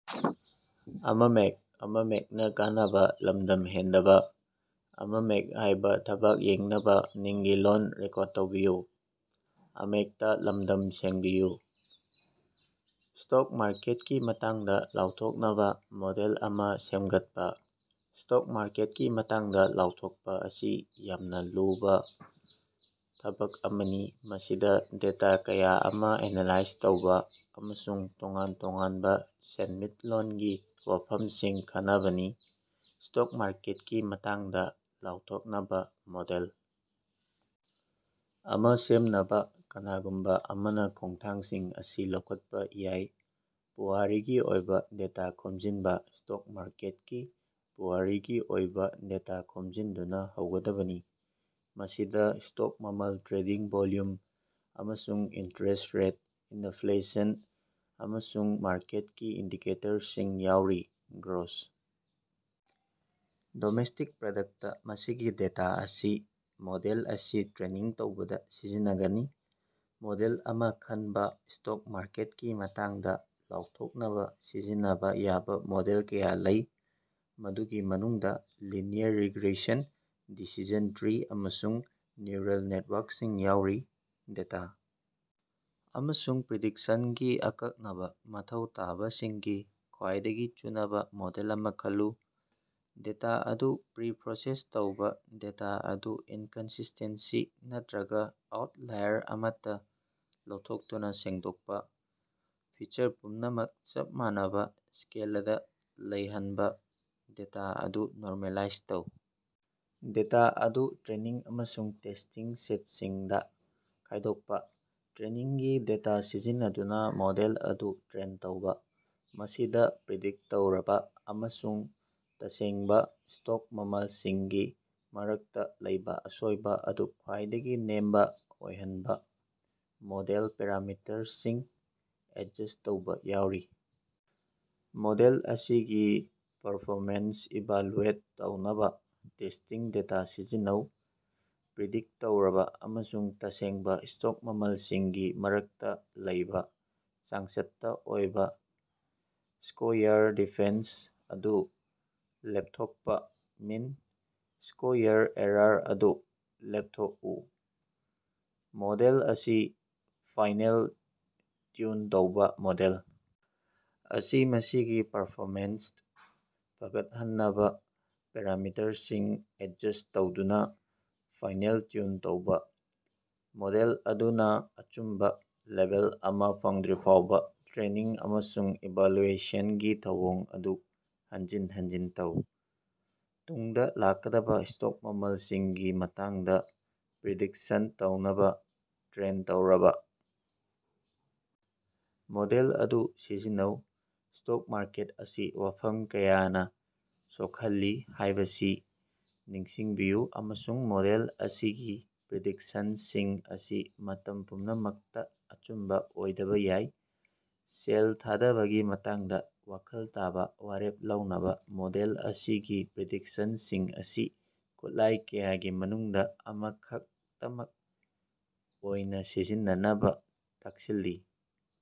Stock ꯃꯥꯔꯀꯦꯠꯀꯤ ꯃꯇꯥꯡꯗꯥ ꯂꯥꯎꯊꯣꯛꯅꯕꯥ model ꯑꯃꯥ ꯁꯦꯝꯒꯠꯄꯥ꯫ ꯁ꯭ꯇꯣꯛ ꯃꯥꯔꯀꯦꯠꯀꯤ ꯃꯇꯥꯡꯗꯥ ꯂꯥꯎꯊꯣꯛꯄꯥ ꯑꯁꯤ ꯌꯥꯝꯅ ꯂꯨꯕꯥ ꯊꯕꯛ ꯑꯃꯅꯤ ꯃꯁꯤꯗꯥ ꯗꯦꯇꯥ ꯀꯌꯥ ꯑꯃꯥ ꯑꯦꯅꯥꯂꯥꯏꯖ ꯇꯧꯕ ꯑꯃꯁꯨꯡ ꯇꯣꯉꯥꯟ ꯇꯣꯉꯥꯟꯕꯥ ꯁꯦꯟꯃꯤꯠꯂꯣꯟꯒꯤ ꯋꯥꯐꯝꯁꯤꯡ ꯈꯟꯅꯕꯅꯤ꯫ ꯁ꯭ꯇꯣꯛ ꯃꯥꯔꯀꯦꯠꯀꯤ ꯃꯇꯥꯡꯗꯥ ꯂꯥꯎꯊꯣꯛꯅꯕꯥ ꯃꯣꯗꯦꯜ ꯑꯃꯥ ꯁꯦꯝꯅꯕꯥ, ꯀꯅꯥꯒꯨꯝꯕꯥ ꯑꯃꯅꯥ ꯈꯣꯡꯊꯥꯡꯁꯤꯡ ꯑꯁꯤ ꯂꯧꯈꯠꯄꯥ ꯌꯥꯏ ꯄꯨꯋꯥꯔꯤꯒꯤ ꯑꯣꯏꯕ ꯗꯦꯇꯥ ꯈꯣꯝꯖꯤꯟꯕ ꯁ꯭ꯇꯣꯛ ꯃꯥꯔꯀꯦꯠꯀꯤ ꯄꯨꯋꯥꯔꯤꯒꯤ ꯑꯣꯏꯕꯥ ꯗꯦꯇꯥ ꯈꯣꯝꯖꯤꯟꯗꯨꯅꯥ ꯍꯧꯒꯗꯕꯅꯤ, ꯃꯁꯤꯗꯥ ꯁ꯭ꯇꯣꯛ ꯃꯃꯜ, ꯇ꯭ꯔꯦꯗꯤꯡ ꯚꯣꯜꯌꯨꯝ, ꯑꯃꯁꯨꯡ ꯏꯟꯇꯔꯦꯁ꯭ꯠ ꯔꯦꯠ, ꯏꯅꯐ꯭ꯂꯦꯁꯟ, ꯑꯃꯁꯨꯡ ꯃꯥꯔꯀꯦꯠꯀꯤ ꯏꯟꯗꯤꯀꯦꯇꯔꯁꯤꯡ ꯌꯥꯎꯔꯤ꯫ ꯒ꯭ꯔꯣꯁ ꯗꯣꯃꯦꯁꯇꯤꯛ ꯄ꯭ꯔꯗꯛꯇ ꯃꯁꯤꯒꯤ ꯗꯦꯇꯥ ꯑꯁꯤ ꯃꯣꯗꯦꯜ ꯑꯁꯤ ꯇ꯭ꯔꯦꯅꯤꯡ ꯇꯧꯕꯗꯥ ꯁꯤꯖꯤꯟꯅꯒꯅꯤ꯫ ꯃꯣꯗꯦꯜ ꯑꯃꯥ ꯈꯟꯕ ꯁ꯭ꯇꯣꯛ ꯃꯥꯔꯀꯦꯠꯀꯤ ꯃꯇꯥꯡꯗꯥ ꯂꯥꯎꯊꯣꯛꯅꯕꯥ ꯁꯤꯖꯤꯟꯅꯕꯥ ꯌꯥꯕ ꯃꯣꯗꯦꯜ ꯀꯌꯥ ꯂꯩ, ꯃꯗꯨꯒꯤ ꯃꯅꯨꯡꯗꯥ ꯂꯤꯅꯤꯌꯔ ꯔꯤꯒ꯭ꯔꯦꯁꯟ, ꯗꯤꯁꯤꯖꯟ ꯇ꯭ꯔꯤ, ꯑꯃꯁꯨꯡ ꯅ꯭ꯌꯨꯔꯜ ꯅꯦꯠꯋꯥꯔꯀꯁꯤꯡ ꯌꯥꯎꯔꯤ꯫ ꯗꯦꯇꯥ ꯑꯃꯁꯨꯡ ꯄ꯭ꯔꯤꯗꯤꯛꯁꯟꯒꯤ ꯑꯀꯛꯅꯕꯥ ꯃꯊꯧ ꯇꯥꯕꯁꯤꯡꯒꯥ ꯈ꯭ꯋꯥꯏꯗꯒꯤ ꯆꯨꯅꯕꯥ ꯃꯣꯗꯦꯜ ꯑꯃꯥ ꯈꯜꯂꯨ꯫ ꯗꯦꯇꯥ ꯑꯗꯨ ꯄ꯭ꯔꯤ ꯄ꯭ꯔꯣꯁꯦꯁ ꯇꯧꯕ ꯗꯦꯇꯥ ꯑꯗꯨ ꯏꯟꯀꯟꯁꯤꯁ꯭ꯇꯦꯟꯁꯤ ꯅꯠꯇ꯭ꯔꯒꯥ ꯑꯥꯎꯠꯂꯥꯏꯔ ꯑꯃꯠꯇꯥ ꯂꯧꯊꯣꯛꯇꯨꯅꯥ ꯁꯦꯡꯗꯣꯛꯄꯥ꯫ ꯐꯤꯆꯔ ꯄꯨꯝꯅꯃꯛ ꯆꯞ ꯃꯥꯟꯅꯕꯥ ꯁ꯭ꯀꯦꯂꯗꯥ ꯂꯩꯍꯟꯅꯕꯥ ꯗꯦꯇꯥ ꯑꯗꯨ ꯅꯣꯔꯃꯦꯂꯥꯏꯖ ꯇꯧ꯫ ꯗꯦꯇꯥ ꯑꯗꯨ ꯇ꯭ꯔꯦꯅꯤꯡ ꯑꯃꯁꯨꯡ ꯇꯦꯁ꯭ꯇꯤꯡ ꯁꯦꯠꯁꯤꯡꯗꯥ ꯈꯥꯏꯗꯣꯛꯄꯥ꯫ ꯇ꯭ꯔꯦꯅꯤꯡꯒꯤ ꯗꯦꯇꯥ ꯁꯤꯖꯤꯟꯅꯗꯨꯅꯥ ꯃꯣꯗꯦꯜ ꯑꯗꯨ ꯇ꯭ꯔꯦꯟ ꯇꯧꯕꯥ꯫ ꯃꯁꯤꯗꯥ ꯄ꯭ꯔꯤꯗꯤꯛꯇ ꯇꯧꯔꯕꯥ ꯑꯃꯁꯨꯡ ꯇꯁꯦꯡꯕꯥ ꯁ꯭ꯇꯣꯛ ꯃꯃꯜꯁꯤꯡꯒꯤ ꯃꯔꯛꯇꯥ ꯂꯩꯕ ꯑꯁꯣꯏꯕꯥ ꯑꯗꯨ ꯈ꯭ꯋꯥꯏꯗꯒꯤ ꯅꯦꯝꯕꯥ ꯑꯣꯏꯍꯟꯅꯕꯥ ꯃꯣꯗꯦꯜ ꯄꯦꯔꯥꯃꯤꯇꯔꯁꯤꯡ ꯑꯦꯗꯖꯁ꯭ꯠ ꯇꯧꯕꯥ ꯌꯥꯎꯔꯤ꯫ ꯃꯣꯗꯦꯜ ꯑꯁꯤꯒꯤ ꯄꯔꯐꯣꯃꯦꯟꯁ ꯏꯚꯥꯂꯨꯑꯦꯠ ꯇꯧꯅꯕꯥ ꯇꯦꯁ꯭ꯇꯤꯡ ꯗꯦꯇꯥ ꯁꯤꯖꯤꯟꯅꯧ꯫ ꯄ꯭ꯔꯤꯗꯤꯛꯇ ꯇꯧꯔꯕꯥ ꯑꯃꯁꯨꯡ ꯇꯁꯦꯡꯕꯥ ꯁ꯭ꯇꯣꯛ ꯃꯃꯜꯁꯤꯡꯒꯤ ꯃꯔꯛꯇꯥ ꯂꯩꯕ ꯆꯥꯡꯆꯠꯇꯥ ꯑꯣꯏꯕ ꯁ꯭ꯀꯣꯌꯥꯔ ꯗꯤꯐꯦꯟꯁ ꯑꯗꯨ ꯂꯦꯞꯊꯣꯛꯄꯥ ꯃꯤꯟ ꯁ꯭ꯀꯣꯌꯥꯔ ꯑꯦꯔꯥꯔ ꯑꯗꯨ ꯂꯦꯞꯊꯣꯛꯎ꯫ ꯃꯣꯗꯦꯜ ꯑꯁꯤ ꯐꯥꯏꯅꯦꯜ ꯇ꯭ꯌꯨꯟ ꯇꯧꯕ ꯃꯣꯗꯦꯜ ꯑꯁꯤ ꯃꯁꯤꯒꯤ ꯄꯔꯐꯣꯃꯦꯟꯁ ꯐꯒꯠꯍꯟꯅꯕꯥ ꯄꯦꯔꯥꯃꯤꯇꯔꯁꯤꯡ ꯑꯦꯗꯖꯁ꯭ꯠ ꯇꯧꯗꯨꯅꯥ ꯐꯥꯏꯅꯦꯜ ꯇ꯭ꯌꯨꯟ ꯇꯧꯕ꯫ ꯃꯣꯗꯦꯜ ꯑꯗꯨꯅꯥ ꯑꯆꯨꯝꯕꯥ ꯂꯦꯚꯦꯜ ꯑꯃꯥ ꯐꯪꯗ꯭ꯔꯤꯐꯥꯎꯕꯥ ꯇ꯭ꯔꯦꯅꯤꯡ ꯑꯃꯁꯨꯡ ꯏꯚꯥꯜꯌꯨꯑꯦꯁꯟꯒꯤ ꯊꯧꯑꯣꯡ ꯑꯗꯨ ꯍꯟꯖꯤꯟ ꯍꯟꯖꯤꯟ ꯇꯧ꯫ ꯇꯨꯡꯗꯥ ꯂꯥꯛꯀꯗꯕꯥ ꯁ꯭ꯇꯣꯛ ꯃꯃꯜꯁꯤꯡꯒꯤ ꯃꯇꯥꯡꯗꯥ ꯄ꯭ꯔꯤꯗꯤꯛꯁꯟ ꯇꯧꯅꯕꯥ ꯇ꯭ꯔꯦꯟ ꯇꯧꯔꯕꯥ ꯃꯣꯗꯦꯜ ꯑꯗꯨ ꯁꯤꯖꯤꯟꯅꯧ꯫ ꯁ꯭ꯇꯣꯛ ꯃꯥꯔꯀꯦꯠ ꯑꯁꯤ ꯋꯥꯐꯝ ꯀꯌꯥꯅꯥ ꯁꯣꯛꯍꯜꯂꯤ ꯍꯥꯏꯕꯁꯤ ꯅꯤꯡꯁꯤꯡꯕꯤꯌꯨ, ꯑꯃꯁꯨꯡ ꯃꯣꯗꯦꯜ ꯑꯁꯤꯒꯤ ꯄ꯭ꯔꯤꯗꯤꯛꯁꯟꯁꯤꯡ ꯑꯁꯤ ꯃꯇꯝ ꯄꯨꯝꯅꯃꯛꯇꯥ ꯑꯆꯨꯝꯕꯥ ꯑꯣꯏꯗꯕꯥ ꯌꯥꯏ꯫ ꯁꯦꯜ ꯊꯥꯗꯕꯒꯤ ꯃꯇꯥꯡꯗꯥ ꯋꯥꯈꯜ ꯇꯥꯕ ꯋꯥꯔꯦꯞ ꯂꯧꯅꯕꯥ ꯃꯣꯗꯦꯜ ꯑꯁꯤꯒꯤ ꯄ꯭ꯔꯤꯗꯤꯛꯁꯟꯁꯤꯡ ꯑꯁꯤ ꯈꯨꯠꯂꯥꯏ ꯀꯌꯥꯒꯤ ꯃꯅꯨꯡꯗꯥ ꯑꯃꯈꯛꯇꯃꯛ ꯑꯣꯏꯅꯥ ꯁꯤꯖꯤꯟꯅꯅꯕꯥ ꯇꯛꯁꯤꯜꯂꯤ꯫